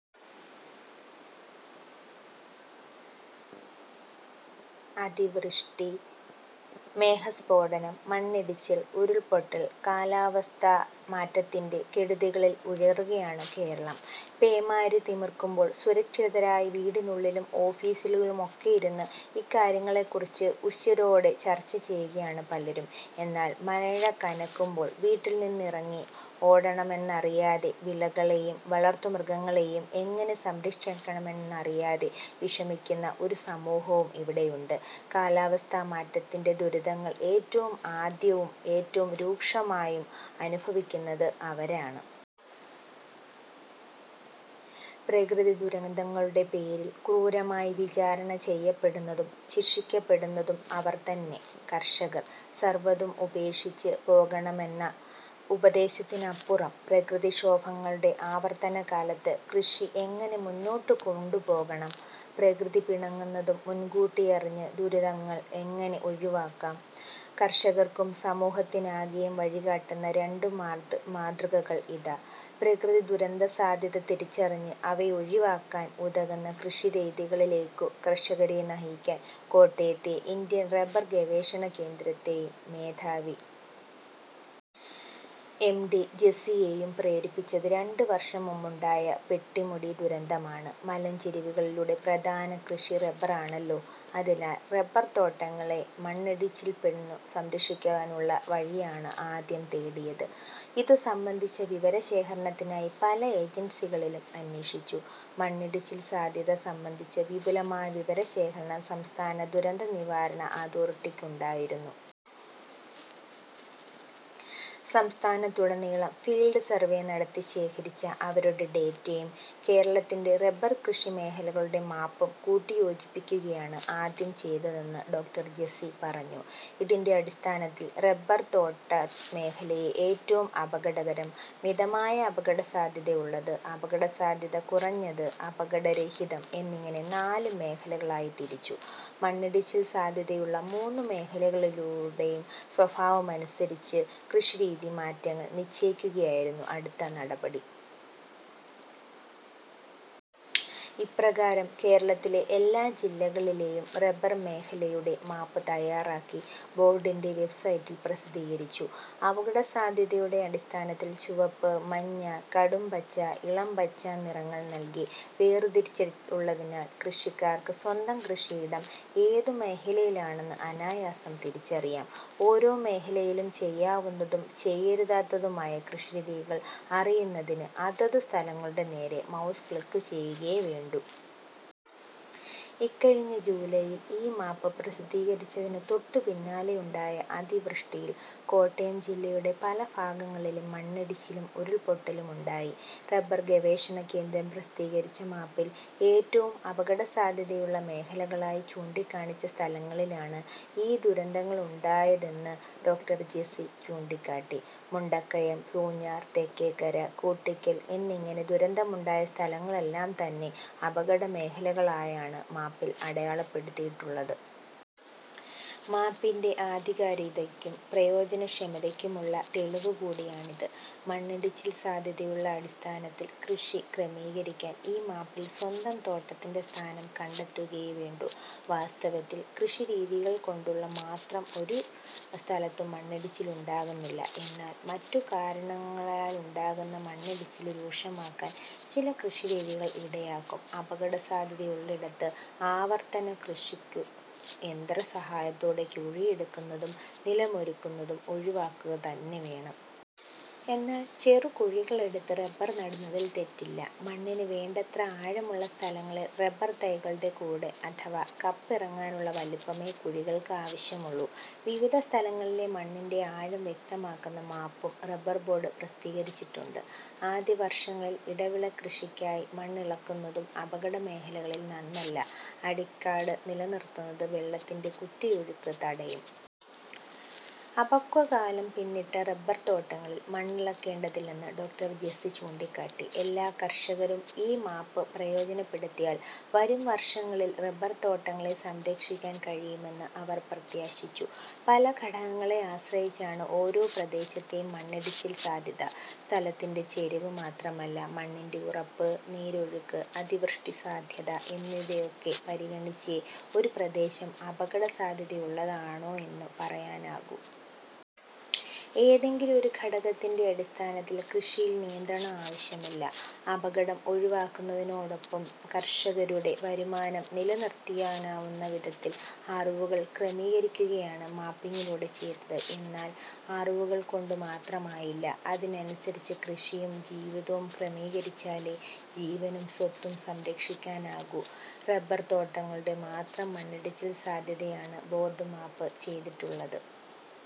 അതിവൃഷ്ടി, മേഘസ്ഫോടനം, മണ്ണിടിച്ചിൽ, ഉരുൾപൊട്ടൽ കാലാവസ്ഥാമാറ്റത്തിന്റെ കെടുതികളിൽ ഉഴറുകയാണ് കേരളം. പേമാരി തിമിർക്കുമ്പോൾ സുരക്ഷിതരായി വീടിനുള്ളിലും ഓഫിസിലുമൊക്കെയിരുന്ന് ഇക്കാര്യങ്ങളെക്കുറിച്ച് ഉശിരോടെ ചർച്ച ചെയ്യുകയാണ് പലരും. എന്നാൽ മഴ കനക്കുമ്പോൾ വീട്ടിൽനിന്ന് ഇറങ്ങി യോടണമോയെന്നറിയാതെ, വിളകളെയും വളർത്തുമൃഗങ്ങളെയും എങ്ങനെ സംരക്ഷിക്കണമെന്നറിയാതെ വിഷമിക്കുന്ന ഒരു സമൂഹവും ഇവിടെയുണ്ട്. കാലാവസ്ഥാമാറ്റത്തിന്റെ ദുരിതങ്ങൾ ഏറ്റവും ആദ്യവും ഏറ്റവും രൂക്ഷമായും അനുഭവിക്കുന്നത് അവരാണ്. പ്രകൃതിദുരന്തങ്ങളുടെ പേരിൽ ക്രൂരമായി വിചാരണ ചെയ്യപ്പെടുന്നതും ശിക്ഷിക്കപ്പെടുന്നതും അവർതന്നെ – കർഷകർ. സർവതും ഉപേക്ഷിച്ച് പോകണമെന്ന ഉപദേശത്തിനപ്പുറം പ്രകൃതിക്ഷോഭങ്ങളുടെ ആവർത്തനകാലത്ത് കൃഷി എങ്ങനെ മുന്നോട്ടുകൊണ്ടുപോകണം. പ്രകൃതി പിണങ്ങുന്നതു മുൻകൂട്ടിയറിഞ്ഞ് ദുരന്തങ്ങൾ എങ്ങനെ ഒഴിവാക്കാം. കർഷകർക്കും സമൂഹത്തിനാകെയും വഴികാട്ടുന്ന രണ്ടു മാതൃകകൾ ഇതാ. പ്രകൃതിദുരന്തസാധ്യത തിരിച്ചറിഞ്ഞ് അവയൊഴിവാക്കാൻ ഉതകുന്ന കൃഷിരീതികളിലേക്കു കർഷകരെ നയിക്കാൻ കോട്ടയത്തെ ഇന്ത്യൻ റബർ ഗവേഷണകേന്ദ്രത്തെയും മേധാവി ഡോ. എം. ഡി. ജെസിയെയും പ്രേരിപ്പിച്ചതു രണ്ടു വർഷം മുമ്പുണ്ടായ പെട്ടിമുടി ദുരന്തമാണ്. മലഞ്ചെരുവുകളിലെ പ്രധാന കൃഷി റബർ ആണല്ലോ. അതിനാൽ റബർതോട്ടങ്ങളെ മണ്ണിടിച്ചിലിൽനിന്നു സംരക്ഷിക്കാനുള്ള വഴിയാണ് ആദ്യം തേടിയത്. ഇതു സംബന്ധിച്ച വിവരശേഖരത്തിനായി പല ഏജൻസികളിലും അന്വേഷിച്ചു. മണ്ണിടിച്ചിൽ സാധ്യത സംബന്ധിച്ചു വിപുലമായ വിവരശേഖരം സംസ്ഥാന ദുരന്ത നിവാരണ അതോറിട്ടിക്കുണ്ടായിരുന്നു. സംസ്ഥാനത്തുടനീളം ഫീൽഡ് സർവേ നടത്തി ശേഖരിച്ച അവരുടെ ഡേറ്റയും കേരളത്തിന്റെ റബർകൃഷിമേഖലകളുടെ മാപ്പും കൂട്ടിയോജിപ്പിക്കുകയാണ് ആദ്യം ചെയ്തതെന്ന് ഡോ. ജെസി പറഞ്ഞു. ഇതിന്റെ അടിസ്ഥാനത്തിൽ റബർതോട്ടമേഖലയെ ഏറ്റവും അപകടകരം, മിതമായ അപകടസാധ്യതയുള്ളത്, അപകടസാധ്യത കുറഞ്ഞത്, അപകടരഹിതം എന്നിങ്ങനെ നാല് മേഖലകളായി തിരിച്ചു. മണ്ണിടിച്ചിൽ സാധ്യതയുള്ള മൂന്നു മേഖലകളുടെയും സ്വഭാവമനുസരിച്ച് കൃഷിരീതിമാറ്റങ്ങൾ നിശ്ചയിക്കുകയായിരുന്നു അടുത്ത പടി. ഇപ്രകാരം കേരളത്തിലെ എല്ലാ ജില്ലകളിലെയും റബർ മേഖലയുടെ മാപ്പ് തയാറാക്കി ബോർഡിന്റെ വെബ്സൈറ്റിൽ പ്രസിദ്ധീകരിച്ചു. അപകടസാധ്യതയുടെ അടിസ്ഥാനത്തിൽ ചുവപ്പ്, മഞ്ഞ, കടും പച്ച, ഇളം പച്ച നിറങ്ങൾ നൽകി വേർതിരിച്ചിട്ടുള്ളതിനാൽ കൃഷിക്കാർക്ക് സ്വന്തം കൃഷിയിടം ഏതു മേഖലയിലാണെന്ന് അനായാസം തിരിച്ചറിയാം. ഓരോ മേഖലയിലും ചെയ്യാവുന്നതും ചെയ്യരുതാത്തതുമായ കൃഷിരീതികൾ അറിയുന്നതിന് അതതു സ്ഥലങ്ങളുടെ നേരെ മൗസ് ക്ലിക് ചെയ്യുകയേ വേണ്ടൂ. ഇക്കഴിഞ്ഞ ജൂലൈയിൽ ഈ മാപ്പ് പ്രസിദ്ധീകരിച്ചതിനു തൊട്ടുപിന്നാലെയുണ്ടായ അതിവൃഷ്ടിയിൽ കോട്ടയം ജില്ലയുടെ പല ഭാഗങ്ങളിലും മണ്ണിടിച്ചിലും ഉരുൾപൊട്ടലുമുണ്ടായി. റബർ ഗവേഷണകേന്ദ്രം പ്രസിദ്ധീകരിച്ച മാപ്പിൽ ഏറ്റവും അപകടസാധ്യതയുള്ള മേഖലകളായി ചൂണ്ടിക്കാണിച്ച സ്ഥലങ്ങളിലാണ് ഈ ദുരന്തങ്ങളുണ്ടായ തെന്ന് ഡോ. ജെസി ചൂണ്ടിക്കാട്ടി. മുണ്ടക്കയം, പൂഞ്ഞാർ തെക്കേക്കര, കൂട്ടിക്കൽ എന്നിങ്ങനെ ദുരന്തമുണ്ടായ സ്ഥലങ്ങളെല്ലാംതന്നെ അപകടമേഖലകളായാണ് മാപ്പിൽ അടയാളപ്പെടുത്തിയിട്ടുള്ളത്. മാപ്പിന്റെ ആധികാരികതയ്ക്കും പ്രയോജനക്ഷമതയ്ക്കുമുള്ള തെളിവ് കൂടിയാണിത്. മണ്ണിടിച്ചിൽ സാധ്യതയുടെ അടിസ്ഥാനത്തിൽ കൃഷി ക്രമീകരിക്കാൻ ഈ മാപ്പിൽ സ്വന്തം തോട്ടത്തിന്റെ സ്ഥാനം കണ്ടെത്തുകയേ വേണ്ടൂ. വാസ്തവത്തിൽ കൃഷിരീതികൾകൊണ്ടു മാത്രം ഒരു സ്ഥലത്തും മണ്ണിടിച്ചിലുണ്ടാകുന്നില്ല. എന്നാൽ മറ്റു കാരണങ്ങളാലുണ്ടാകുന്ന മണ്ണിടിച്ചില് രൂക്ഷമാക്കാൻ ചില കൃഷിരീതികൾ ഇടയാക്കും. അപകടസാധ്യതയുള്ളിടത്ത് ആവർത്തനക്കൃഷിക്കു യന്ത്രസഹായത്തോടെ കുഴിയെടുക്കുന്നതും നിലമൊരുക്കുന്നതും ഒഴിവാക്കുകതന്നെ വേണം. എന്നാൽ ചെറുകുഴികളെടുത്ത് റബർ നടുന്നതിൽ തെറ്റില്ല. മണ്ണിനു വേണ്ടത്ര ആഴമുള്ള സ്ഥലങ്ങളിൽ റബർതൈകളുടെ കൂട അഥവാ കപ്പ് ഇറങ്ങാനുള്ള വലുപ്പമേ കുഴികൾക്ക് ആവശ്യമുള്ളൂ. വിവിധ സ്ഥലങ്ങളിലെ മണ്ണിന്റെ ആഴം വ്യക്തമാക്കുന്ന മാപ്പും റബർബോർഡ് പ്രസിദ്ധീകരിച്ചിട്ടുണ്ട്. ആദ്യവർഷങ്ങളിൽ ഇടവിളക്കൃഷിക്കായി മണ്ണിളക്കുന്നതും അപകടമേഖലകളിൽ നന്നല്ല. അടിക്കാട് നിലനിർത്തുന്നത് വെള്ളത്തിന്റെ കുത്തിയൊഴുക്ക് തടയും. അപക്വകാലം പിന്നിട്ട റബർതോട്ടങ്ങളിൽ മണ്ണിളക്കേണ്ടതില്ലെന്ന് ഡോ. ജെസി ചൂണ്ടിക്കാട്ടി. എല്ലാ കർഷകരും ഈ മാപ്പ് പ്രയോജനപ്പെടുത്തിയാൽ വരുംവർഷങ്ങളിൽ റബർതോട്ടങ്ങളെ സംരക്ഷിക്കാൻ കഴിയുമെന്ന് അവർ പ്രത്യാശിച്ചു. പല ഘടകങ്ങളെ ആശ്രയിച്ചാണ് ഓരോ പ്രദേശത്തെയും മണ്ണിടിച്ചിൽ സാധ്യത. സ്ഥലത്തിന്റെ ചെരിവ് മാത്രമല്ല, മണ്ണിന്റെ ഉറപ്പ്, നീരൊഴുക്ക്, അതിവൃഷ്ടിസാധ്യത എന്നിവയൊക്കെ പരിഗണിച്ചേ ഒരു പ്രദേശം അപകടസാധ്യതയുള്ളതാണോയെന്നു പറയാനാകൂ. ഏതെങ്കിലും ഒരു ഘടകത്തിന്റെ അടിസ്ഥാനത്തിൽ കൃഷിയിൽ നിയന്ത്രണം ആവശ്യമില്ല. അപകടം ഒഴിവാക്കുന്നതിനൊപ്പം കർഷകരുടെ വരുമാനം നിലനിർത്താനാവുന്ന വിധത്തിൽ അറിവുകൾ ക്രമീകരിക്കുകയാണ് മാപ്പിങ്ങിലൂടെ ചെയ്തത്. എന്നാൽ അറിവുകൾകൊണ്ടു മാത്രമായില്ല, അതിനനുസരിച്ച് കൃഷിയും ജീവിതവും ക്രമീകരിച്ചാലേ ജീവനും സ്വത്തും സംരക്ഷിക്കാനാകൂ. റബർതോട്ടങ്ങളുടെ മാത്രം മണ്ണിടിച്ചിൽ സാധ്യതയാണ് ബോർഡ് മാപ്പ് ചെയ്തിട്ടുള്ളത്.